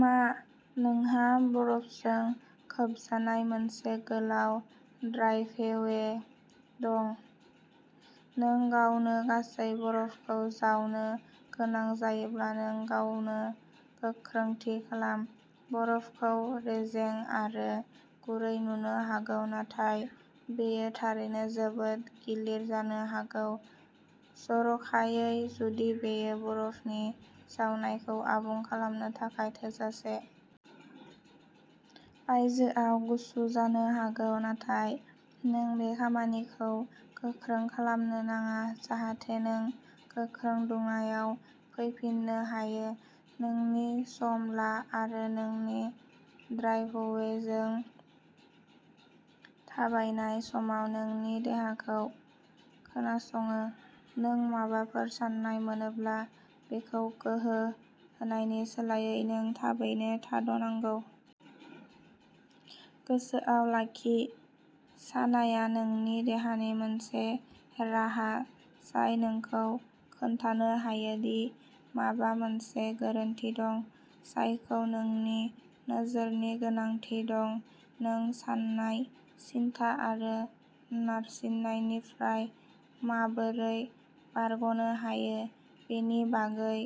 मा नोंहा बरफजों खोबजानाय मोनसे गोलाव ड्राइभवे दं? नों गावनो गासै बरफखौ जावनो गोनां जायोब्ला नों गावनो गोख्रैथि खालाम। बरफखौ रेजें आरो गुरै नुनो हागौ नाथाय बेयो थारैनो जोबोद गिलिर जानो हागौ। जर'खायै जुदि बेयो बरफनि जावनायखौ आबुं खालामनो थाखाय थोजासे। बायजोआव गुसु जानो हागौ नाथाय नों बे खामानिखौ गोख्रै खालामनो नाङा जाहाथे नों गोख्रै दुंनायाव फैफिननो हायो। नोंनि सम ला आरो नोंनि ड्राइभवेजों थाबायनाय समाव नोंनि देहाखौ खोनासङो। नों माबाफोर सानाय मोनोब्ला बेखौ गोहो होनायनि सोलायै नों थाबैनो थाद'नांगौ। गोसोआव लाखि सानाया नोंनि देहानि मोनसे राहा जाय नोंखौ खोन्थानो हायो दि माबा मोनसे गोरोन्थि दं। जायखौ नोंनि नोजोरनि गोनांथि दं नों सानाय सिनथा आरो नारसिननायनिफ्राय माबोरै बारग'नो हायो बेनि बागै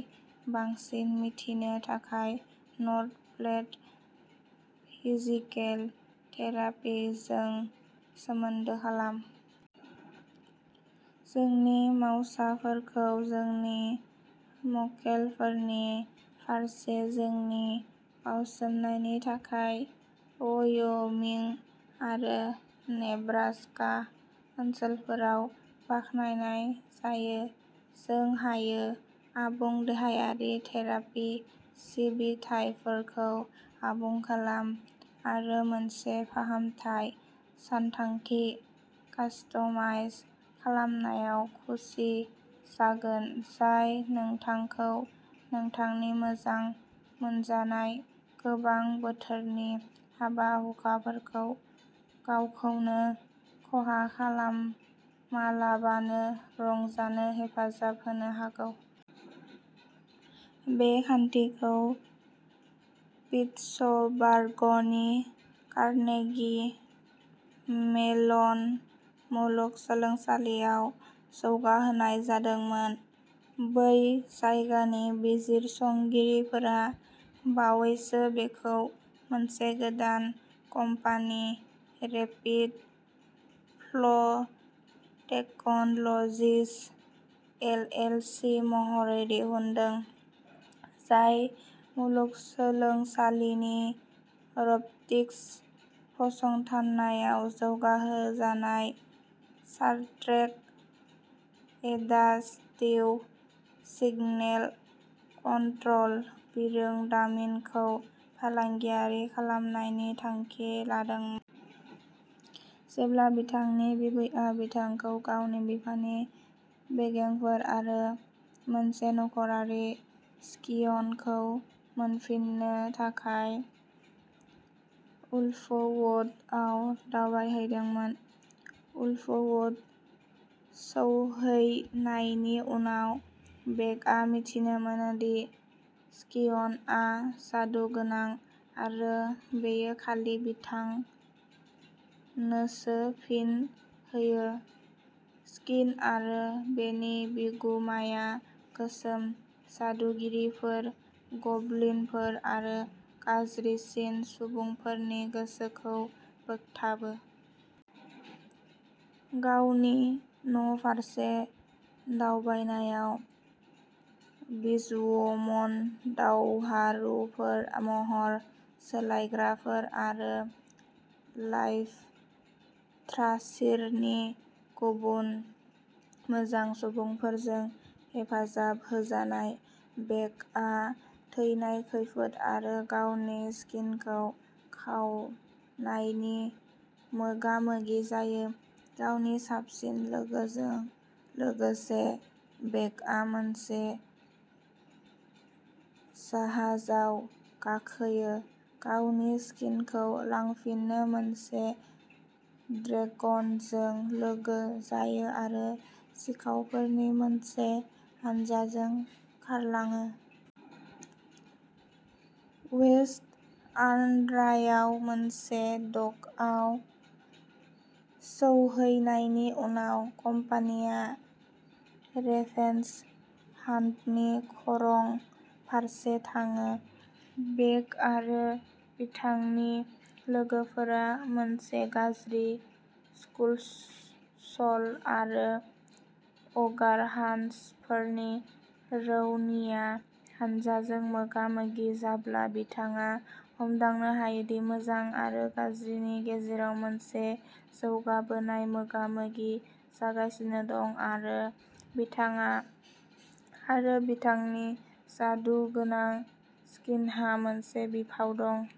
बांसिन मिथिनो थाखाय नर्थ प्लेट फिजिकेल थेरापिजों सोमोन्दो खालाम। जोंनि मावसाफोरखौ जोंनि मक्केलफोरनि फारसे जोंनि बाउसोमनायनि थाखाय व'य'मिं आरो नेब्रास्का ओनसोलफोराव बाखनायनाय जायो। जों हायो। आबुं देहायारि थेरापि सिबिथाइफोरखौ आबुं खालाम आरो मोनसे फाहामथाय सानथांखि कास्टमाइज खालामनायाव खुसि जागोन जाय नोंथांखौ नोंथांनि मोजां मोनजानाय गोजां बोथोरनि हाबा-हुखाफोरखौ गावखौनो खहा खालामालाबानो रंजानो हेफाजाब होनो हागौ। बे खान्थिखौ पिटस'बार्गनि कारनेगि मेलन मुलुगसोलोंसालियाव जौगाहोनाय जादोंमोन। बै जायगानि बिजिरसंगिरिफोरा बावैसो बेखौ मोनसे गोदान company rapid flow technologies L. L. C. महरै दिहुनदों। जाय मुलुगसोलोंसालिनि रब'टिक्स फसंथानाव जौगाहोजानाय सारट्रेक एडास्टिव सिगनेल कन्ट्र'ल बिरोंदामिनखौ फालांगियारि खालामनायनि थांखि लादोंमोन। जेब्ला बिथांनि बिबैया बिथांखौ गावनि बिफानि बेगेंफोर आरो मोनसे नख'रारि स्कियन खौ मोनफिननो थाखाय उल्फवुडआव दावबायहैदोंमोन। उल्फवुड सौहैनायनि उनाव बेकआ मिथिनो मोनो दि स्कियनआ जादुगोनां आरो बेयो खालि बिथांनोसो फिन होयो स्कीन आरो बेनि बिगुमाया गोसोम जादुगिरिफोर गब्लिनफोर आरो गाज्रिसिन सुबुंफोरनि गोसोखौ बोगथाबो। गावनि न'फारसे दावबायनायाव विजवुमन दावहारुफोर महर सोलायग्राफोर आरो लाइफथ्रासिरनि गुबुन मोजां सुबुंफोरजों हेफाजाब होजानाय बेकआ थैनाय खैफोद आरो गावनि स्कीनखौ खावनायनि मोगामोगि जायो। गावनि साबसिन लोगोजों लोगोसे बेकआ मोनसे जाहाजाव गाखोयो। गावनि स्कीनखौ लांफिनो मोनसे ड्रेगनजों लोगो जायो आरो सिखावफोरनि मोनसे हानजाजों खारलाङो। वेस्ट आर्न'रायाव मोनसे डकआव सौहैनायनि उनाव कम्पानिया रेभेन्स हान्टनि खरं फारसे थाङो। बेक आरो बिथांनि लोगोफोरा मोनसे गाज्रि स्कुलस'ल आरो अ'गारहान्चफोरनि रौनिया हानजाजों मोगा-मोगि जाब्ला बिथाङा हमदांनो हायो दि मोजां आरो गाज्रिनि गेजेराव मोनसे जौगाबोनाय मोगा-मोगि जागासिनो दं आरो बिथाङा आरो बिथांनि जादुगोनां स्कीनहा मोनसे बिफाव दं।